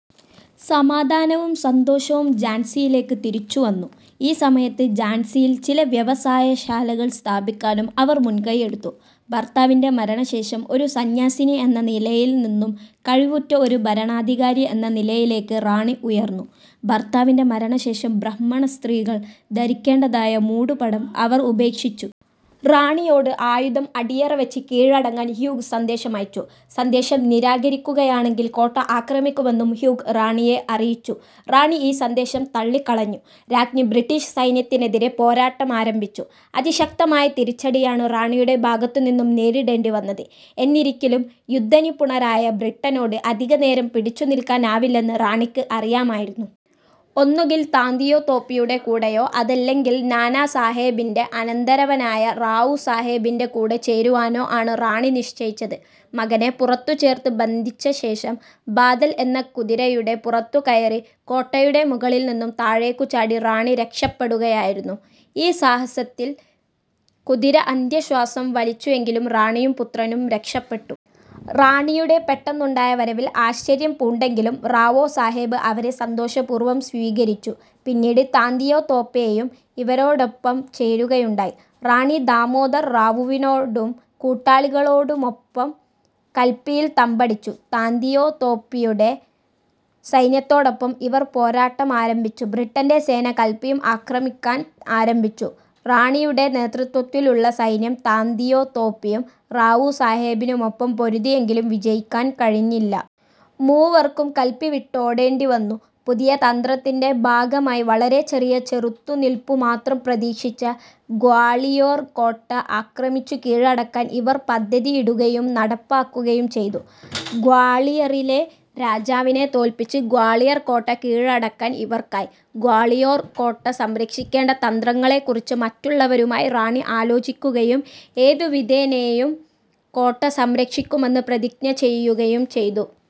സമാധാനവും സന്തോഷവും ഝാൻസിയിലേക്കു തിരിച്ചുവന്നു. ഈ സമയത്ത് ഝാൻസിയിൽ ചില വ്യവസായശാലകൾ സ്ഥാപിക്കാനും അവർ മുൻകൈയ്യെടുത്തു. ഭർത്താവിന്റെ മരണശേഷം ഒരു സന്യാസിനി എന്ന നിലയിൽ നിന്നും കഴിവുറ്റ ഒരു ഭരണാധികാരി എന്ന നിലയിലേക്ക് റാണി ഉയർന്നു. ഭർത്താവിന്റെ മരണശേഷം ബ്രാഹ്മണസ്ത്രീകൾ ധരിക്കേണ്ടതായ മൂടുപടം അവർ ഉപേക്ഷിച്ചു. റാണിയോട് ആയുധം അടിയറവെച്ച് കീഴടങ്ങാൻ ഹ്യൂഗ് സന്ദേശമയച്ചു. സന്ദേശം നിരാകരിക്കുകയാണെങ്കിൽ കോട്ട ആക്രമിക്കുമെന്നും ഹ്യൂഗ് റാണിയെ അറിയിച്ചു. റാണി ഈ സന്ദേശം തള്ളിക്കളഞ്ഞു. രാജ്ഞി ബ്രിട്ടീഷ് സൈന്യത്തിനെതിരെ പോരാട്ടമാരംഭിച്ചു. അതിശക്തമായ തിരിച്ചടിയാണ് റാണിയുടെ ഭാഗത്തു നിന്നും നേരിടേണ്ടി വന്നത്. എന്നിരിക്കിലും യുദ്ധനിപുണരായ ബ്രിട്ടനോട് അധികനേരം പിടിച്ചു നിൽക്കാനാവില്ലെന്ന് റാണിക്ക് അറിയാമായിരുന്നു. ഒന്നുകിൽ താന്തിയോ തോപ്പിയുടെ കൂടെയോ അതല്ലെങ്കിൽ നാനാ സാഹേബിന്റെ അനന്തരവനായ റാവു സാഹേബിന്റെ കൂടെ ചേരുവാനോ ആണ് റാണി നിശ്ചയിച്ചത്. മകനെ പുറത്തുചേർത്തു ബന്ധിച്ചശേഷം ബാദൽ എന്ന കുതിരയുടെ പുറത്തു കയറി കോട്ടയുടെ മുകളിൽ നിന്നും താഴേക്കു ചാടി റാണി രക്ഷപ്പെടുകയായിരുന്നു. ഈ സാഹസത്തിൽ കുതിര അന്ത്യശ്വാസം വലിച്ചുവെങ്കിലും റാണിയും, പുത്രനും രക്ഷപ്പെട്ടു. റാണിയുടെ പെട്ടെന്നുണ്ടായ വരവിൽ ആശ്ചര്യം പൂണ്ടെങ്കിലും റാവോ സാഹേബ് അവരെ സന്തോഷപൂർവ്വം സ്വീകരിച്ചു. പിന്നീട് താന്തിയോ തോപ്പേയും ഇവരോടൊപ്പം ചേരുകയുണ്ടായി. റാണി ദാമോദർ റാവുവിനോടും കൂട്ടാളികളോടുമൊപ്പം കല്പിയിൽ തമ്പടിച്ചു. താന്തിയാതോപ്പിയുടെ സൈന്യത്തോടൊപ്പം ഇവർ പോരാട്ടമാരംഭിച്ചു. ബ്രിട്ടന്റെ സേന കല്പിയും ആക്രമിക്കാൻ ആരംഭിച്ചു. റാണിയുടെ നേതൃത്വത്തിലുള്ള സൈന്യം, താന്തിയോ തോപ്പിയും, റാവു സാഹേബിനുമൊപ്പം പൊരുതിയെങ്കിലും വിജയിക്കാൻ കഴിഞ്ഞില്ല. മൂവർക്കും കല്പി വിട്ടോടേണ്ടി വന്നു. പുതിയ തന്ത്രത്തിന്റെ ഭാഗമായി വളരെ ചെറിയ ചെറുത്തുനിൽപ്പു മാത്രം പ്രതീക്ഷിച്ച ഗ്വാളിയോർ കോട്ട ആക്രമിച്ചു കീഴടക്കാൻ ഇവർ പദ്ധതിയിടുകയും നടപ്പാക്കുകയും ചെയ്തു. ഗ്വാളിയറിലെ രാജാവിനെ തോല്പിച്ച് ഗ്വാളിയർ കോട്ട കീഴടക്കാൻ ഇവർക്കായി. ഗ്വാളിയോർ കോട്ട സംരക്ഷിക്കേണ്ട തന്ത്രങ്ങളെക്കുറിച്ച് മറ്റുള്ളവരുമായി റാണി ആലോചിക്കുകയും ഏതു വിധേനേയും കോട്ട സംരക്ഷിക്കുമെന്ന് പ്രതിജ്ഞ ചെയ്യുകയും ചെയ്തു.